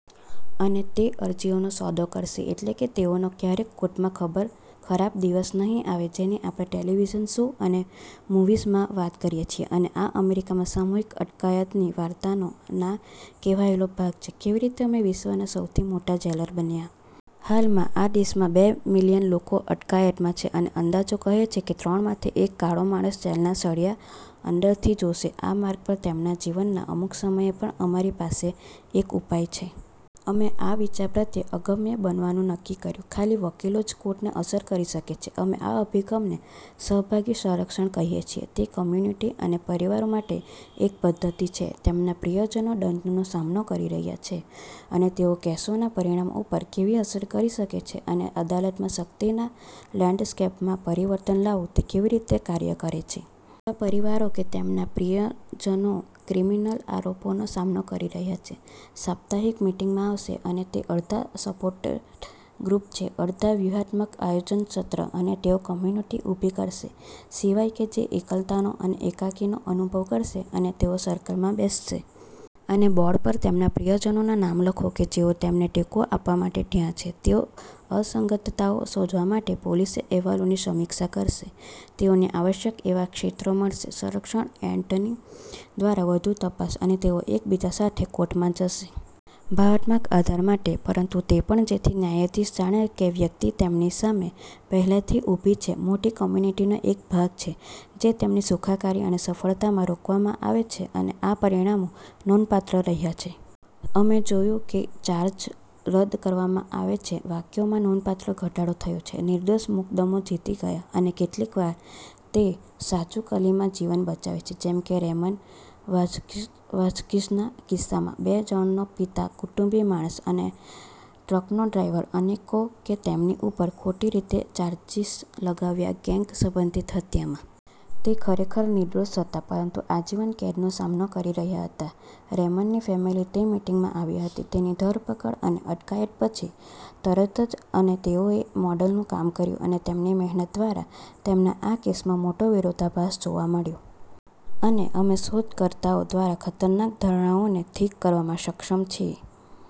અને તે અરજીનો સોદો કરશે. એટલે કે તેઓનો ક્યારેય કોર્ટમાં ખરાબ દિવસ નહિ આવે જેની આપણે ટેલિવિઝન શો અને મુવીઝમાં વાત કરીએ છીએ. અને આ અમેરિકામાં સામૂહિક અટકાયતની વાર્તાનો ના કહેવાયેલો ભાગ છે, કેવી રીતે અમે વિશ્વના સૌથી મોટા જેલર બન્યા. હાલમાં આ દેશમાં બે મિલિયન લોકો અટકાયતમાં છે અને અંદાજો કહે છે ત્રણમાંથી એક કાળો માણસ જેલના સળિયા અંદરથી જોશે આ માર્ગ પર તેમના જીવનના અમુક સમયે. પણ અમારી પાસે એક ઉપાય છે. અમે આ વિચાર પ્રત્યે અગમ્ય બનવાનું નક્કી કર્યું છે. ખાલી વકીલો જ કોર્ટને અસર કરી શકે છે. અમે આ અભિગમને "સહભાગી સંરક્ષણ" કહિએ છીએ. તે કમ્યુનિટી અને પરિવારો માટે એક પદ્ધતિ છે. તેમના પ્રિયજનો દંડનો સામનો કરી રહ્યા છે અને તેઓ કેસોના પરિણામ ઉપર કેવી અસર કરી શકે છે અને અદાલતમાં શક્તિના લેન્ડસ્કેપમાં પરિવર્તન લાવવું તે કેવી રીતે કાર્ય કરે છે. એવા પરિવારો કે તેમના પ્રિયજનો ક્રિમીનલ આરોપોનો સામનો કરી રહ્યા છે સપ્તાહિક મિટિંગમાં આવશે, અને તે અડધા સપોર્ટેડ ગ્રુપ છે, અડધા વ્યૂહાત્મક આયોજન સત્ર અને તેઓ કમ્યુનિટી ઊભી કરશે સિવાય કે જે એકલતાનો અને એકાકી નો અનુભવ કરશે અને તેઓ સર્કલમાં બેસશે. અને બોર્ડ પર તેમના પ્રિયજનોના નામ લખો કે જેઓ તેમને ટેકો આપવા માટે ત્યાં છે. તેઓ અસંગતતાઓ શોધવા માટે પોલીસે અહેવાલોની સમીક્ષા કરશે, તેઓને આવશ્યક એવા ક્ષેત્રો મળશે, સંરક્ષણ એટર્ની દ્વારા વધુ તપાસ અને તેઓ એકબીજા સાથે કોર્ટમાં જશે. ભાવનાત્મક આધાર માટે પરંતુ તે પણ જેથી ન્યાયાધીશ જાણે કે વ્યક્તિ તેમની સામે પહેલાથી ઉભી છે મોટી કમ્યુનિટીનો એક ભાગ છે જે તેમની સુખાકારી અને સફળતામાં રોકવામાં આવે છે અને આ પરિણામો નોંધપાત્ર રહ્યા છે. અમે જોયું છે કે ચાર્જ રદ કરવામાં આવે છે. વાક્યોમાં નોંધપાત્ર ઘટાડો થયો છે. નિર્દોષ મુકદ્દમો જીતી ગયા અને કેટલીક વાર તે સાચુકલીમા જીવન બચાવે છે જેમકે રેમન વાસ્કિઝના કિસ્સામાં. બે જણનો પિતા, કુટુંબી માણસ, અને ટ્રકનો ડ્રાઈવર અનેકો કે તેમની ઉપર ખોટી રીતે ચાર્જીસ લગાવ્યા ગેંગ સંબંધિત હત્યા મા. તે ખરેખર નિર્દોષ હતા પરંતુ આજીવન કેદનો સામનો કરી રહ્યા હતા. રેમનની ફેમિલી તે મિટિંગમાં આવી હતી. તેની ધરપકડ અને અટકાયત પછી તરત જ અને તેઓએ મોડલનું કામ કર્યું અને તેમની મહેનત દ્વારા તેમને આ કેસમાં મોટો વિરોધાભાસ જોવા મળ્યો. અને અમે શોધ કરતાઓ દ્વારા ખતરનાક ધારણાઓને ઠીક કરવામાં સક્ષમ છીએ.